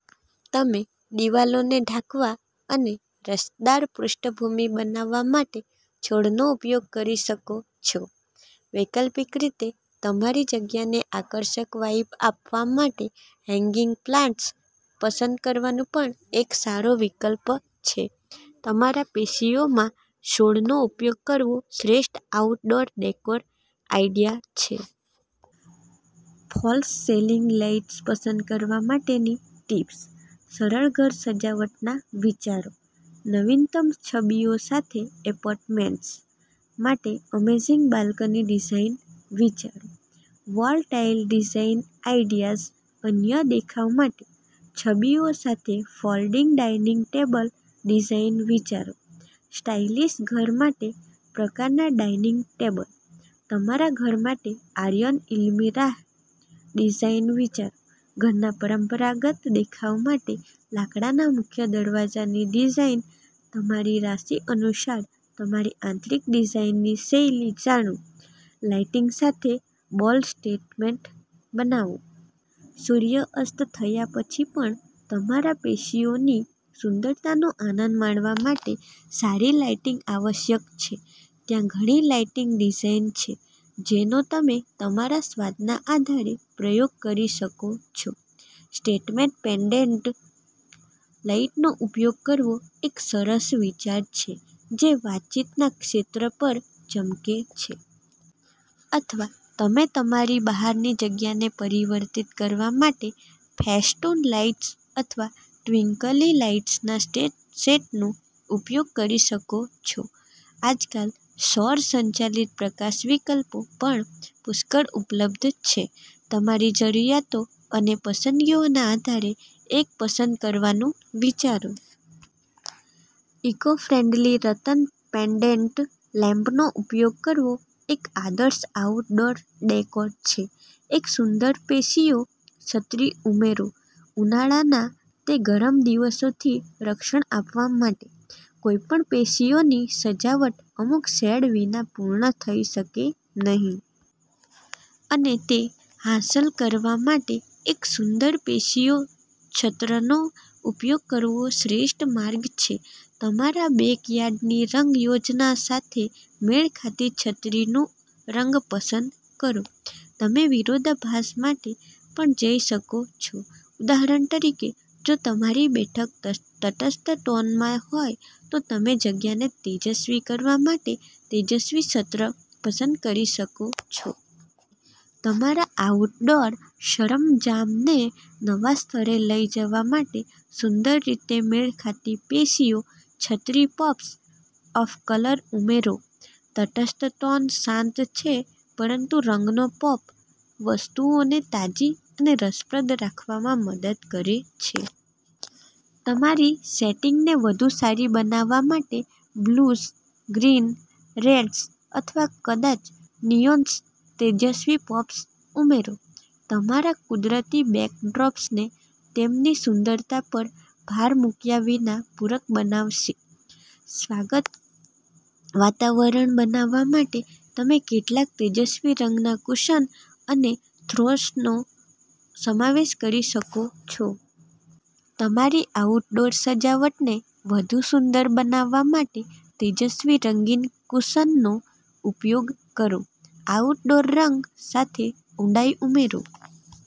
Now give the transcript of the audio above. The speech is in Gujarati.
તમે દિવાલોને ઢાંકવા અને રસદાર પૃષ્ઠભૂમિ બનાવવા માટે છોડનો ઉપયોગ કરી શકો છો. વૈકલ્પિક રીતે તમારી જગ્યાને આકર્ષક વાઇબ આપવા માટે હેંગિંગ પ્લાન્ટ્સ પસંદ કરવાનું પણ એક સારો વિકલ્પ છે. તમારા પેશિયોમાં છોડનો ઉપયોગ કરવો શ્રેષ્ઠ આઉટડોર ડેકોર આઈડિયા છે. ફોલ્સ સિલિંગ લાઇટ્સ પસંદ કરવા માટેની ટિપ્સ, સરળ ઘર સજાવટના વિચારો, નવીનતમ છબીઓ સાથે એપાર્ટમેન્ટ્સ માટે અમેઝિંગ બાલ્કની ડિઝાઇન વિચારો, વોલ ટાઇલ ડિઝાઇન આઇડિયાઝ અનન્ય દેખાવ માટે, છબીઓ સાથે ફોલ્ડિંગ ડાઇનિંગ ટેબલ ડિઝાઇન વિચારો, સ્ટાઇલિશ ઘર માટે પ્રકારના ડાઇનિંગ ટેબલ, તમારા ઘર માટે આયર્ન અલ્મિરાહ ડિઝાઇન વિચારો, ઘરના પરંપરાગત દેખાવ માટે લાકડાના મુખ્ય દરવાજાની ડિઝાઇન, તમારી રાશિ પ્રમાણે તમારી આંતરિક ડિઝાઇનની શૈલી જાણો, લાઇટિંગ સાથે બોલ્ડ સ્ટેટમેન્ટ બનાવો. સૂર્ય અસ્ત થયા પછી પણ તમારા પેશિયોની સુંદરતાનો આનંદ માણવા માટે સારી લાઇટિંગ આવશ્યક છે. ત્યાં ઘણી લાઇટિંગ ડિઝાઇન છે જેનો તમે તમારા સ્વાદના આધારે પ્રયોગ કરી શકો છો. સ્ટેટમેન્ટ પેન્ડન્ટ લાઇટનો ઉપયોગ કરવો એક સરસ વિચાર છે જે વાતચીતના ક્ષેત્ર પર ચમકે છે. અથવા તમે તમારી બહારની જગ્યાને પરિવર્તિત કરવા માટે ફેસ્ટૂન લાઇટ્સ અથવા ટ્વિંકલી લાઇટ્સના સેટનો ઉપયોગ કરી શકો છો. આજકાલ, સૌર-સંચાલિત પ્રકાશ વિકલ્પો પણ પુષ્કળ ઉપલબ્ધ છે. તમારી જરૂરિયાતો અને પસંદગીઓના આધારે એક પસંદ કરવાનું વિચારો. ઇકોફ્રેન્ડલી રતન પેન્ડન્ટ લેમ્પનો ઉપયોગ કરવો એક આદર્શ આઉટડોર ડેકોર છે. એક સુંદર પેશિયો છત્રી ઉમેરો ઉનાળાના તે ગરમ દિવસોથી રક્ષણ આપવા માટે. કોઈ પણ પેશિયોની સજાવટ અમુક શેડ વિના પૂર્ણ થઈ શકે નહીં. અને તે હાંસલ કરવા માટે એક સુંદર પેશિયો છત્રનો ઉપયોગ કરવો શ્રેષ્ઠ માર્ગ છે. તમારા બેકયાર્ડની રંગ યોજના સાથે મેળ ખાતી છત્રીનો રંગ પસંદ કરો. તમે વિરોધાભાસ માટે પણ જઈ શકો છો. ઉદાહરણ તરીકે, જો તમારી બેઠક તટસ્થ ટોનમાં હોય, તો તમે જગ્યાને તેજસ્વી કરવા માટે તેજસ્વી છત્ર પસંદ કરી શકો છો. તમારા આઉટડોર સરંજામને નવા સ્તરે લઈ જવા માટે સુંદર રીતે મેળ ખાતી પેશિયો છત્રી પોપ્સ ઓફ કલર ઉમેરો. તટસ્થ ટોન શાંત છે પરંતુ રંગનો પોપ વસ્તુઓને તાજી અને રસપ્રદ રાખવામાં મદદ કરે છે. તમારી સેટિંગને વધુ સારી બનાવવા માટે બ્લૂઝ, ગ્રીન્સ, રેડ્સ અથવા કદાચ નિયોન્સના તેજસ્વી પૉપ્સ ઉમેરો. તમારા કુદરતી બેકડ્રોપ્સને તેમની સુંદરતા પર ભાર મૂક્યા વિના પૂરક બનાવશે. સ્વાગત વાતાવરણ બનાવવા માટે તમે કેટલાક તેજસ્વી રંગના કુશન અને થ્રોસનો સમાવેશ કરી શકો છો. તમારી આઉટડોર સજાવટને વધુ સુંદર બનાવવા માટે તેજસ્વી રંગીન કુશનનો ઉપયોગ કરો. આઉટડોર રગ સાથે ઊંડાઈ ઉમેરો.